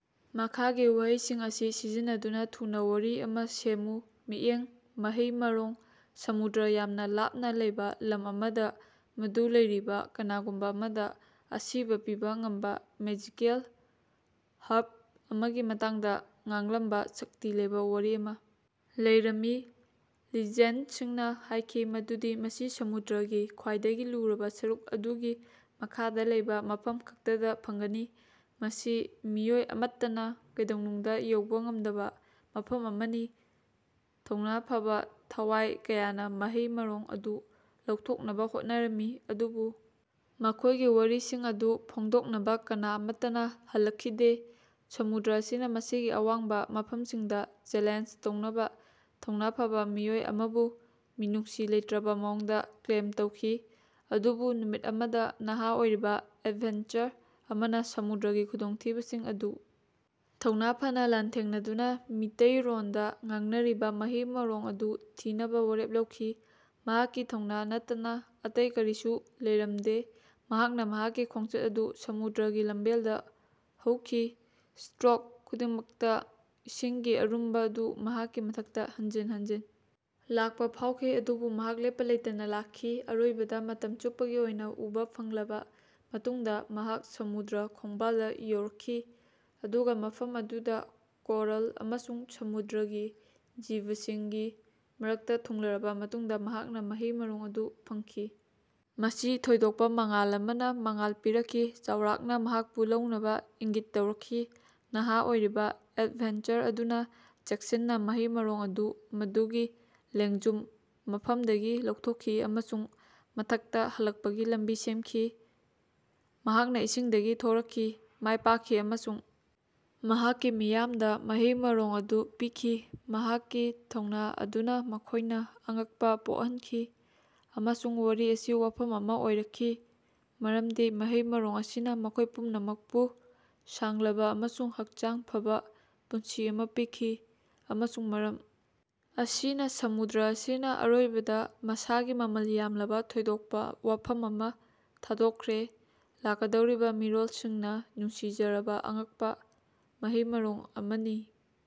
ꯃꯈꯥꯒꯤ ꯋꯥꯍꯩꯁꯤꯡ ꯑꯁꯤ ꯁꯤꯖꯤꯟꯅꯗꯨꯅ ꯊꯨꯅ ꯋꯥꯔꯤ ꯑꯃ ꯁꯦꯝꯃꯨ ꯃꯤꯠꯌꯦꯡ ꯃꯍꯩ ꯃꯔꯣꯡ ꯁꯃꯨꯗ꯭ꯔ ꯌꯥꯝꯅ ꯂꯥꯞꯅ ꯂꯩꯕ ꯂꯝ ꯑꯃꯗ ꯃꯗꯨ ꯂꯩꯔꯤꯕ ꯀꯅꯥꯒꯨꯝꯕ ꯑꯃꯗ ꯑꯁꯤꯕ ꯄꯤꯕ ꯉꯝꯕ ꯃꯦꯖꯤꯀꯦꯜ ꯍꯔꯕ ꯑꯃꯒꯤ ꯃꯇꯥꯡꯗ ꯉꯥꯡꯂꯝꯕ ꯁꯛꯇꯤ ꯂꯩꯕ ꯋꯥꯔꯤ ꯑꯃ ꯂꯩꯔꯝꯃꯤ꯫ ꯂꯤꯖꯦꯟꯗꯁꯤꯡꯅ ꯍꯥꯏꯈꯤ ꯃꯗꯨꯗꯤ ꯃꯁꯤ ꯁꯃꯨꯗ꯭ꯔꯒꯤ ꯈ꯭ꯋꯥꯏꯗꯒꯤ ꯂꯨꯔꯕ ꯁꯔꯨꯛ ꯑꯗꯨꯒꯤ ꯃꯈꯥꯗ ꯂꯩꯕ ꯃꯐꯝ ꯈꯛꯇꯗ ꯐꯪꯒꯅꯤ ꯃꯁꯤ ꯃꯤꯑꯣꯏ ꯑꯃꯠꯇꯅ ꯀꯩꯗꯧꯅꯨꯡꯗ ꯌꯧꯕ ꯉꯝꯗꯕ ꯃꯐꯝ ꯑꯃꯅꯤ꯫ ꯊꯧꯅ ꯐꯕꯥ ꯊꯋꯥꯏ ꯀꯌꯥꯅ ꯃꯍꯩ ꯃꯔꯣꯡ ꯑꯗꯨ ꯂꯧꯊꯣꯛꯅꯕ ꯍꯣꯠꯅꯔꯝꯃꯤ ꯑꯗꯨꯕꯨ ꯃꯈꯣꯏꯒꯤ ꯋꯥꯔꯤꯁꯤꯡ ꯑꯗꯨ ꯐꯣꯡꯗꯣꯛꯅꯕ ꯀꯅꯥ ꯑꯃꯠꯇꯅ ꯍꯜꯂꯛꯈꯤꯗꯦ꯫ ꯁꯃꯨꯗ꯭ꯔ ꯑꯁꯤꯅ ꯃꯁꯤꯒꯤ ꯑꯋꯥꯡꯕ ꯃꯐꯝꯁꯤꯡꯗ ꯆꯦꯂꯦꯟꯖ ꯇꯧꯅꯕ ꯊꯧꯅ ꯐꯕꯥ ꯃꯤꯑꯣꯏ ꯑꯃꯕꯨ ꯃꯤꯅꯨꯡꯁꯤ ꯂꯩꯇ꯭ꯔꯕ ꯃꯑꯣꯡꯗ ꯀ꯭ꯂꯦꯝ ꯇꯧꯈꯤ꯫ ꯑꯗꯨꯕꯨ ꯅꯨꯃꯤꯠ ꯑꯃꯗ ꯅꯍꯥ ꯑꯣꯏꯔꯤꯕ ꯑꯦꯗꯚꯦꯟꯆꯔ ꯑꯃꯅ ꯁꯃꯨꯗ꯭ꯔꯒꯤ ꯈꯨꯗꯣꯡꯊꯤꯕꯁꯤꯡ ꯑꯗꯨ ꯊꯧꯅ ꯐꯅꯥ ꯂꯥꯟꯊꯦꯡꯅꯗꯨꯅ ꯃꯤꯇꯩꯔꯣꯟꯗ ꯉꯥꯡꯅꯔꯤꯕ ꯃꯍꯩ ꯃꯔꯣꯡ ꯑꯗꯨ ꯊꯤꯅꯕ ꯋꯥꯔꯦꯞ ꯂꯧꯈꯤ꯫ ꯃꯍꯥꯛꯀꯤ ꯊꯧꯅ ꯅꯠꯇꯅ ꯑꯇꯩ ꯀꯔꯤꯁꯨ ꯂꯩꯔꯝꯗꯦ ꯃꯍꯥꯛꯅ ꯃꯍꯥꯛꯀꯤ ꯈꯣꯡꯆꯠ ꯑꯗꯨ ꯁꯃꯨꯗ꯭ꯔꯒꯤ ꯂꯝꯕꯦꯜꯗ ꯍꯧꯈꯤ꯫ ꯁꯇꯔꯣꯛ ꯈꯨꯗꯤꯡꯃꯛꯇ ꯏꯁꯤꯡꯒꯤ ꯑꯔꯨꯝꯕ ꯑꯗꯨ ꯃꯍꯥꯛꯀꯤ ꯃꯊꯛꯇ ꯍꯟꯖꯤꯟ ꯍꯟꯖꯤꯟ ꯂꯥꯛꯄ ꯐꯥꯎꯈꯤ ꯑꯗꯨꯕꯨ ꯃꯍꯥꯛ ꯂꯦꯞꯄ ꯂꯩꯇꯅ ꯂꯥꯛꯈꯤ꯫ ꯑꯔꯣꯏꯕꯗ ꯃꯇꯝ ꯆꯨꯞꯄꯒꯤ ꯑꯣꯏꯅ ꯎꯕꯥ ꯐꯪꯂꯕ ꯃꯇꯨꯡꯗ ꯃꯍꯥꯛ ꯁꯃꯨꯗ꯭ꯔ ꯈꯣꯡꯕꯥꯜꯗ ꯌꯧꯔꯛꯈꯤ꯫ ꯑꯗꯨꯒ ꯃꯐꯝ ꯑꯗꯨꯗ ꯀꯣꯔꯜ ꯑꯃꯁꯨꯡ ꯁꯃꯨꯗ꯭ꯔꯒꯤ ꯖꯤꯕꯁꯤꯡꯒꯤ ꯃꯔꯛꯇ ꯊꯨꯡꯂꯔꯕ ꯃꯇꯨꯡꯗ ꯃꯍꯥꯛꯅ ꯃꯍꯩ ꯃꯔꯣꯡ ꯑꯗꯨ ꯐꯪꯈꯤ꯫ ꯃꯁꯤ ꯊꯣꯏꯗꯣꯛꯄ ꯃꯉꯥꯜ ꯑꯃꯅ ꯃꯉꯥꯜ ꯄꯤꯔꯛꯈꯤ ꯆꯥꯎꯔꯥꯛꯅ ꯃꯍꯥꯛꯄꯨ ꯂꯧꯅꯕ ꯏꯪꯒꯤꯠ ꯇꯧꯔꯛꯈꯤ꯫ ꯅꯍꯥ ꯑꯣꯏꯔꯤꯕ ꯑꯦꯗꯚꯦꯟꯆꯔ ꯑꯗꯨꯅ ꯆꯦꯛꯁꯤꯟꯅ ꯃꯍꯩ ꯃꯔꯣꯡ ꯑꯗꯨ ꯃꯗꯨꯒꯤ ꯂꯦꯡꯖꯨꯝ ꯃꯐꯝꯗꯒꯤ ꯂꯧꯊꯣꯛꯈꯤ ꯑꯃꯁꯨꯡ ꯃꯊꯛꯇ ꯍꯜꯂꯛꯄꯒꯤ ꯂꯝꯕꯤ ꯁꯦꯝꯈꯤ꯫ ꯃꯍꯥꯛꯅ ꯏꯁꯤꯡꯗꯒꯤ ꯊꯣꯔꯛꯈꯤ ꯃꯥꯏꯄꯥꯛꯈꯤ ꯑꯃꯁꯨꯡ ꯃꯍꯥꯛꯀꯤ ꯃꯤꯌꯥꯝꯗ ꯃꯍꯩ ꯃꯔꯣꯡ ꯑꯗꯨ ꯄꯤꯈꯤ꯫ ꯃꯍꯥꯛꯀꯤ ꯊꯧꯅ ꯑꯗꯨꯅ ꯃꯈꯣꯏꯅ ꯑꯉꯛꯄ ꯄꯣꯛꯍꯟꯈꯤ ꯑꯃꯁꯨꯡ ꯋꯥꯔꯤ ꯑꯁꯤ ꯋꯥꯐꯝ ꯑꯃ ꯑꯣꯏꯔꯛꯈꯤ ꯃꯔꯝꯗꯤ ꯃꯍꯩ ꯃꯔꯣꯡ ꯑꯁꯤꯅ ꯃꯈꯣꯏ ꯄꯨꯝꯅꯃꯛꯄꯨ ꯁꯥꯡꯂꯕ ꯑꯃꯁꯨꯡ ꯍꯛꯆꯥꯡ ꯐꯕꯥ ꯄꯨꯟꯁꯤ ꯑꯃ ꯄꯤꯈꯤ꯫ ꯑꯃꯁꯨꯡ ꯃꯔꯝ ꯑꯁꯤꯅ ꯁꯃꯨꯗ꯭ꯔ ꯑꯁꯤꯅ ꯑꯔꯣꯏꯕꯗ ꯃꯁꯥꯒꯤ ꯃꯃꯜ ꯌꯥꯝꯂꯕ ꯊꯣꯏꯗꯣꯛꯄ ꯋꯥꯐꯝ ꯑꯃ ꯊꯥꯗꯣꯛꯈ꯭ꯔꯦ ꯂꯥꯛꯀꯗꯧꯔꯤꯕ ꯃꯤꯔꯣꯜꯁꯤꯡꯅ ꯅꯨꯡꯁꯤꯖꯔꯕ ꯑꯉꯛꯄ ꯃꯍꯩ ꯃꯔꯣꯡ ꯑꯃꯅꯤ